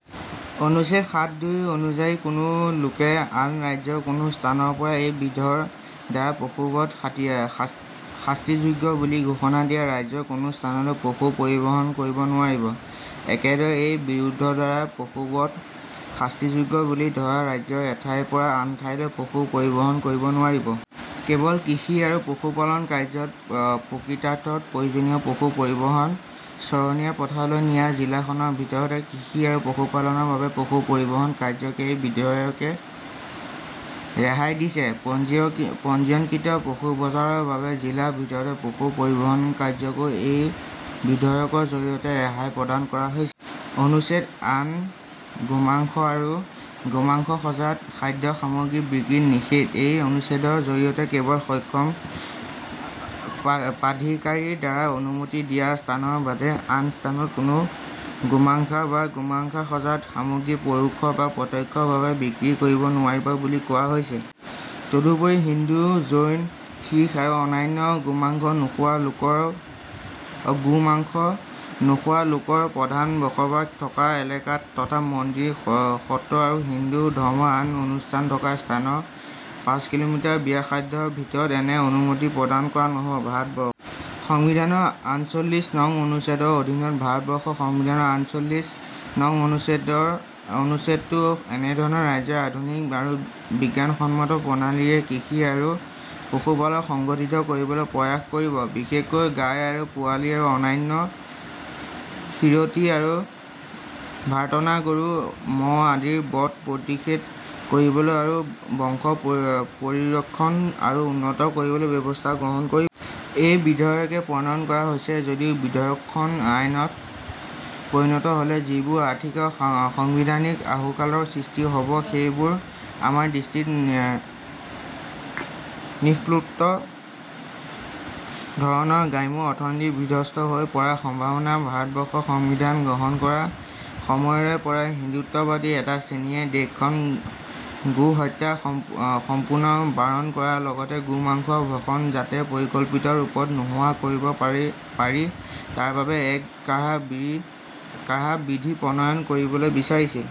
অনুচ্ছেদ সাত দুই অনুযায়ী কোনো লোকে আন ৰাজ্যৰ কোনো স্থানৰ পৰা এই বিধিৰ দ্বাৰা পশুবধ শাস্তিযোগ্য বুলি ঘোষণা দিয়া ৰাজ্যৰ কোনো স্থানলৈ পশু পৰিবহন কৰিব নোৱাৰিব। একেদৰে এই বিধিৰদ্বাৰা পশুবধ শাস্তিযোগ্য বুলি ধৰা ৰাজ্যৰ এঠাইৰ পৰা আনঠাইলৈ পশু পৰিবহন কৰিব নোৱাৰিব। কেৱল কৃষি আৰু পশুপালন কাৰ্য্যত প্ৰকৃতাৰ্থত প্ৰয়োজনীয় পশু পৰিবহন চৰণীয়া পথাৰলৈ নিয়া জিলা খনৰ ভিতৰতে কৃষি আৰু পশুপালনৰ বাবে পশু পৰিবহন কাৰ্যক এই বিধেয়কে ৰেহাই দিছে। পঞ্জীয়নকৃত পশু বজাৰৰ বাবে জিলাৰ ভিতৰতে পশু পৰিবহন কাৰ্যকো এই বিধেয়কৰ জৰিয়তে ৰেহাই প্ৰদান কৰা হৈছে। অনুচ্ছেদ আঠ- গোমাংস আৰু গোমাংসজাত খাদ্য সামগ্ৰীৰ বিক্ৰীত নিষেধ। এই অনুচ্ছেদৰ জৰিয়তে কেৱল সক্ষম প্ৰাধিকাৰীৰ দ্বাৰা অনুমতি দিয়া স্থানৰ বাদে আন স্থানত কোনো গোমাংস বা গোমাংসজাত সামগ্ৰী পৰোক্ষ বা প্ৰত্যক্ষ ভাৱে বিক্ৰী কৰিব নোৱাৰিব বুলি কোৱা হৈছে। তদুপৰি হিন্দু, জৈন, শিখ আৰু অন্যান্য গোমাংস নোখোৱা লোকৰ প্ৰধানত বসবাস থকা এলেকাত তথা মন্দিৰ, সত্ৰ আৰু হিন্দু ধৰ্মৰ আন অনুষ্ঠান থকা স্থানৰ পাঁচ কি:মি ব্যাসাৰ্ধৰ ভিতৰত এনে অনুমতি প্ৰদান কৰা নহ'ব। ভাৰতবৰ্ষৰ সংবিধানৰ আঠচল্লিছ নং অনুচ্ছেদৰ অধীনত ভাৰতবৰ্ষৰ সংবিধানৰ আঠচল্লিছ নং অনুচ্ছেদটো এনেধৰণৰ: ৰাজ্যই আধুনিক আৰু বিজ্ঞানসন্মত প্ৰণালীৰে কৃষি আৰু পশুপালন সংগঠিত কৰিবলৈ প্ৰয়াস কৰিব, বিশেষকৈ গাই আৰু পোৱালী আৰু অন্যান্য খীৰতী আৰু ভাৰটনা গৰু, মহ আদিৰ বধ প্ৰতিষেধ কৰিবলৈ আৰু বংশ পৰিৰক্ষণ আৰু উন্নত কৰিবলৈ ব্যৱস্থা গ্ৰহণ কৰিব। এই বিধেয়ক প্ৰণয়ন কৰা হৈছে যদিও বিধেয়কখন আইনত পৰিণত হ'লে যিবোৰ আৰ্থিক আৰু সংবিধানিক আহুকালৰ সৃষ্টি হ'ব, সেই বোৰ আমাৰ দৃষ্টিত নিম্নোক্ত ধৰণৰ: গ্ৰাম্য অৰ্থনীতি বিধ্বস্ত হৈ পৰাৰ সম্ভাৱনা। ভাৰতবৰ্ষৰ সাংবিধান গ্ৰহণ কৰাৰ সময়ৰে পৰা হিন্দুত্ববাদী এটা শ্ৰেণীয়ে দেশখনত গো হত্যা সম্পূৰ্ণ বাৰণ কৰাৰ লগতে গোমাংস ভক্ষণ যাতে পৰিকল্পিতৰূপত নোহোৱা কৰিব পাৰি তাৰ বাবে এক কাঢ়া বিধি প্ৰণয়ন কৰিবলৈ বিচাৰিছিল।